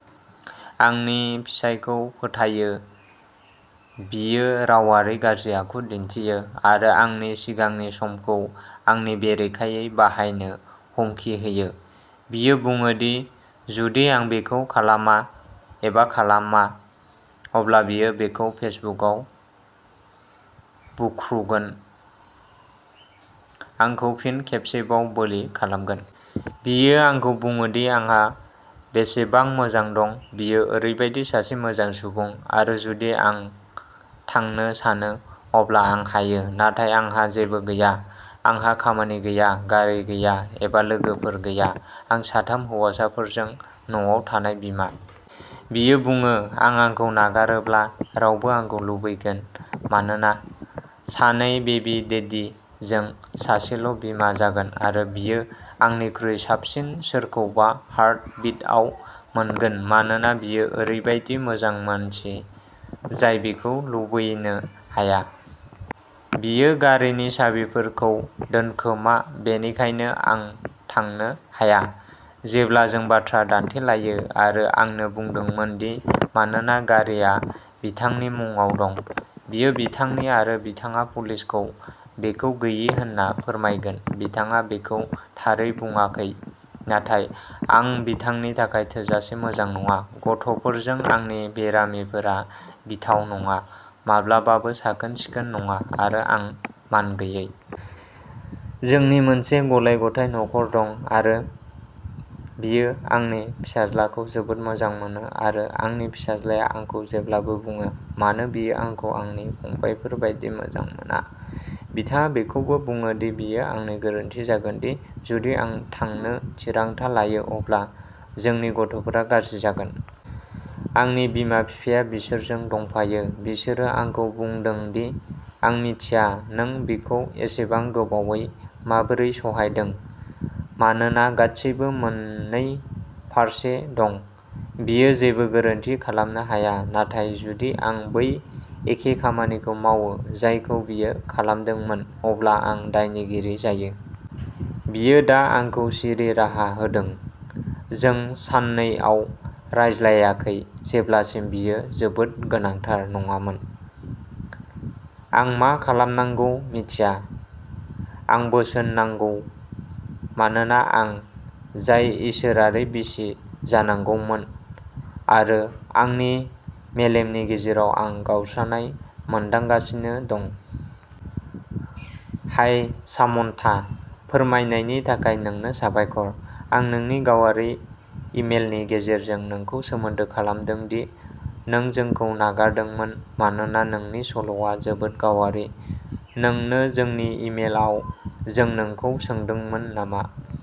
आंनि फिसायखौ फोथायो, बियो रावारि गाज्रि आखु दिन्थियो, आरो आंनि सिगांनि समखौ आंनि बेरेखायै बाहायनो हुमखि होयो। बियो बुङो दि जुदि आं बेखौ खालामा एबा खालामा, अब्ला बियो बेखौ फेसबुकआव बुख्रुगोन, आंखौ फिन खेबसेबाव बोलि खालामगोन। बियो आंखौ बुङो दि आंहा बेसेबां मोजां दं, बियो ओरैबायदि सासे मोजां सुबुं, आरो जुदि आं थांनो सानो, अब्ला आं हायो। नाथाय आंहा जेबो गैया। आंहा खामानि गैया, गारि गैया, एबा लोगोफोर गैया आं साथाम हौवासाफोरजों न'आव थानाय बिमा। बियो बुङो। आं आंखौ नागारोब्ला रावबो आंखौ लुबैगोन मानोना आं सानै "बेबी डेडी" जों सासेल'बिमा जागोन आरो बियो आंनिख्रुइ साबसिन सोरखौबा हार्ट बिटआव मोनगोन मानोना बियो ओरैबायदि मोजां मानसि, जाय बिखौ लुबैनो हाया। बियो गारिनि साबिफोरखौ दोनखोमा, बेनिखायनो आं थांनो हाया, जेब्ला जों बाथ्रा दान्थेलायो, आरो आंनो बुंदोंमोन दि मानोना गारिआ बिथांनि मुंआव दं, बेयो बिथांनि, आरो बिथाङा पुलिसखौ बेखौ गोयि होनना फोरमायगोन बिथाङा बेखौ थारै बुंाखै नाथाय आं बिथांनि थाखाय थोजासे मोजां नङा, गथ'फोरजों आंनि बेरामिफोरा गिथाव, न'आ माब्लाबाबो साखोन-सिखोन नङा, आरो आं मानगैयै। जोंनि मोनसे गलाय-गथाय नखर दं आरो बियो आंनि फिसाज्लाखौ जोबोद मोजां मोनो आरो आंनि फिसाज्लाया आंखौ जेब्लाबो बुङो "मानो बियो आंखौ आंनि फंबायफोर बायदि मोजां मोना" बिथाङा बेखौबो बुङो दि बेयो आंनि गोरोन्थि जागोन दि जुदि आं थांनो थिरांथा लायो अब्ला जोंनि गथ'फोरा गाज्रि जागोन। आंनि बिमा-बिफाया बिसोरजों दंफायो। बिसोरो आंखौ बुंदों दि आं मिथिया नों बिखौ एसेबां गोबावै माबोरै सहायदों। मानोना गासैबो मोननै फारसे दं... बियो जेबो गोरोन्थि खालामनो हाया, नाथाय जुदि आं बै एखे खामानिखौ मावो जायखौ बियो खालामदोंमोन, अब्ला आं दायनिगिरि जायो। बियो दा आंखौ सिरि राहा होदों... जों साननैआव रायज्लायाखै जेब्लासिम बेयो जोबोद गोनांथार नङामोन। आं मा खालामनांगौ मिथिया। आं बोसोन नांगौ मानोना आं जाय इसोरारि बिसि जानांगौमोन, आरो आंनि मेलेमनि गेजेराव आं गावस्रानाय मोनदांगासिनो दं। हाय सामन्था। फोरमायनायनि थाखाय नोंनो साबायखर। आं नोंनि गावारि इमेलनि गेजेरजों नोंखौ सोमोन्दो खालामदों दि नों जोंखौ नागारदोंमोन मानोना नोंनि सल'आ जोबोद गावारि। नोंनो जोंनि इमेलआव जों नोंखौ सोंदोंमोन नामा?